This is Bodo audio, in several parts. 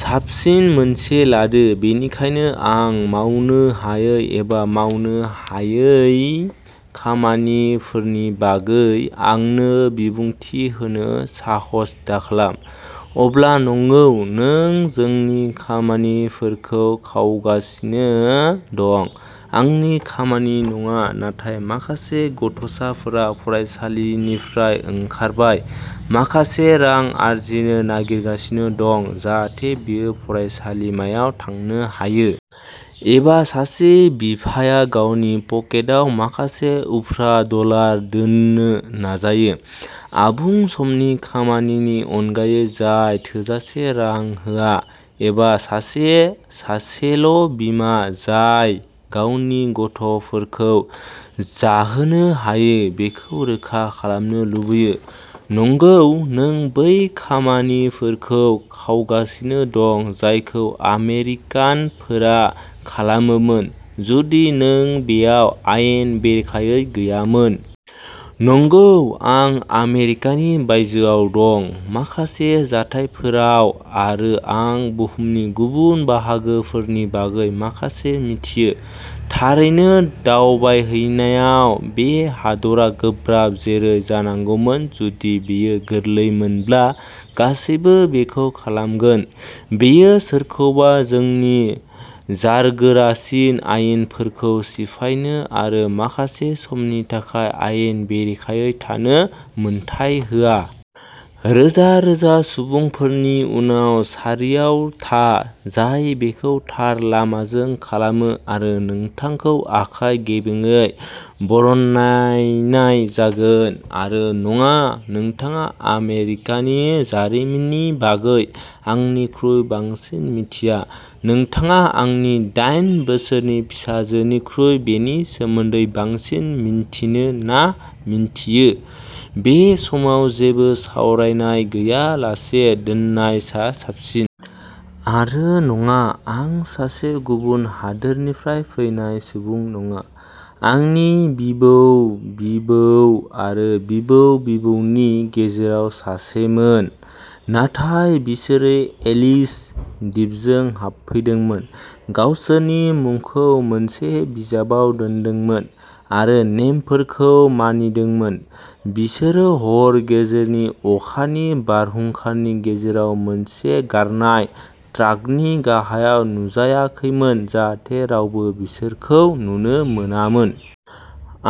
साबसिन मोनसे लादो। बेनिखायनो आं मावनो हायै एबा मावनो हायै खामानिफोरनि बागै आंनो बिबुंथि होनो साहस दाखालाम। अब्ला नंगौ, नों जोंनि खामानिफोरखौ खावगासिनो दं। आंनि खामानि नङा, नाथाय माखासे गथ'साफोरा फरायसालिनिफ्राय ओंखारबाय, माखासे रां आर्जिनो नागिरगासिनो दं जाहाथे बियो फरायसालिमायाव थांनो हायो। एबा सासे बिफाया गावनि पकेटाव माखासे उफ्रा डलार दोन्नो नाजायो, आबुं समनि खामानिनि अनगायै जाय थोजासे रां होआ। एबा सासे सासेल'बिमा जाय गावनि गथ'फोरखौ जाहोनो हायो बेखौ रोखा खालामनो लुबैयो। नंगौ, नों बै खामानिफोरखौ खावगासिनो दं जायखौ आमेरिकानफोरा खालामोमोन जुदि नों बेयाव आयेन बेरेखायै गैयामोन। नंगौ, आं आमेरिकानि बायजोआव दं, माखासे जाथायफोराव, आरो आं बुहुमनि गुबुन बाहागोफोरनि बागै माखासे मिथियो। थारैनो दावबायहैनायाव। बे हादरा गोब्राब, जेरै जानांगौमोन। जुदि बेयो गोरलैमोनब्ला, गासैबो बेखौ खालामगोन। बेयो सोरखौबा जोंनि जारगोरासिन आयेनफोरखौ सिफायनो आरो "माखासे समनि थाखाय आयेन बेरेखायै थानो" मोन्थाइ होआ। रोजा रोजा सुबुंफोरनि उनाव सारियाव था, जाय बेखौ थार लामाजों खालामो, आरो नोंथांखौ आखाइ गेबेंयै बरनायनाय जागोन। आरो नङा, नोंथाङा आमेरिकानि जारिमिननि बागै आंनिख्रुइ बांसिन मिथिया। नोंथाङा आंनि दाइन बोसोरनि फिसाजोनिख्रुइ बेनि सोमोन्दै बांसिन मिन्थियो ना मिन्थियो, बे समाव जेबो सावरायनाय गैयालासे दोननाया साबसिन। आरो नङा, आं सासे गुबुन हादोरनिफ्राय फैनाय सुबुं नङा। आंनि बिबौ-बिबौ आरो बिबौ-बिबौनि गेजेराव सासेमोन। नाथाय बिसोरो एलिस दिपजों हाबफैदोंमोन, गावसोरनि मुंखौ मोनसे बिजाबाव दोनदोंमोन, आरो नेमफोरखौ मानिदोंमोन। बिसोरो हर गेजेरनि अखानि बारहुंखानि गेजेराव मोनसे गारनाय ट्राकनि गाहायाव नुजायाखैमोन जाहाथे रावबो बिसोरखौ नुनो मोनामोन।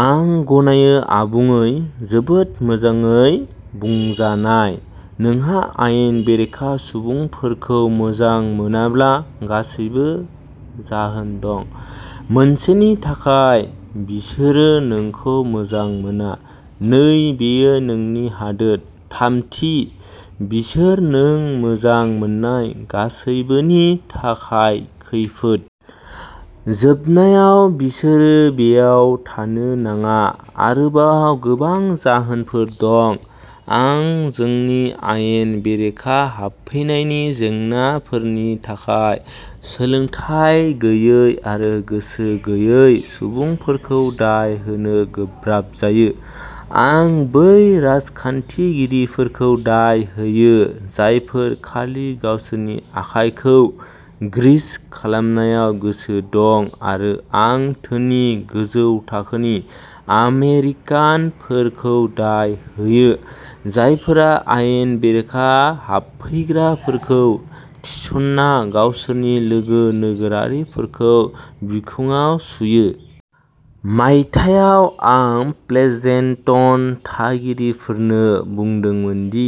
आं गनायो। आबुङै, जोबोद मोजाङै बुंजानाय। नोंहा आयेन बेरेखा सुबुंफोरखौ मोजां मोनाब्ला गासैबो जाहोन दं। मोनसेनि थाखाय, बिसोरो नोंखौ मोजां मोना। नै, बेयो नोंनि हादोर। थामथि, बिसोर नों मोजां मोननाय गासैबोनि थाखाय खैफोद। जोबनायाव, बिसोरो बेयाव थानो नाङा। आरोबाव गोबां जाहोनफोर दं। आं जोंनि आयेन बेरेखा हाबफैनायनि जेंनाफोरनि थाखाय सोलोंथाय गैयै आरो गोसो गैयै सुबुंफोरखौ दाय होनो गोब्राब जायो। आं बै राजखान्थिगिरिफोरखौ दाय होयो, जायफोरा खालि गावसोरनि आखाइखौ ग्रीस खालामनायाव गोसो दं आरो आं धोनि, गोजौ थाखोनि आमेरिकानफोरखौ दाय होयो, जायफोरा आयेन बेरेखा हाबफैग्राफोरखौ थिसनना गावसोरनि लोगो नोगोरारिफोरखौ बिखुङाव सुयो। मायथाइयाव, आं प्लेजेन्टन थागिरिफोरनो बुंदोंमोन दि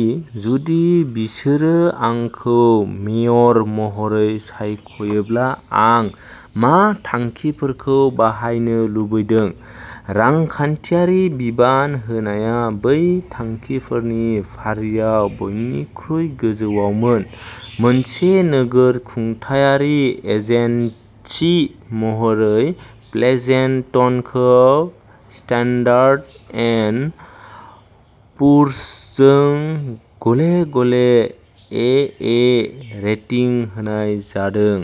जुदि बिसोरो आंखौ मेयर महरै सायखयोब्ला आं मा थांखिफोरखौ बाहायनो लुबैदों। रांखान्थियारि बिबान होनाया बै थांखिफोरनि फारियाव बयनिख्रुइ गोजौआवमोन। मोनसे नोगोर खुंथायारि एजेन्सि महरै, प्लेजेन्टनखौ स्टान्डार्ड एन्ड पुअर्सजों गले गले एए रेटिं होनाय जादों।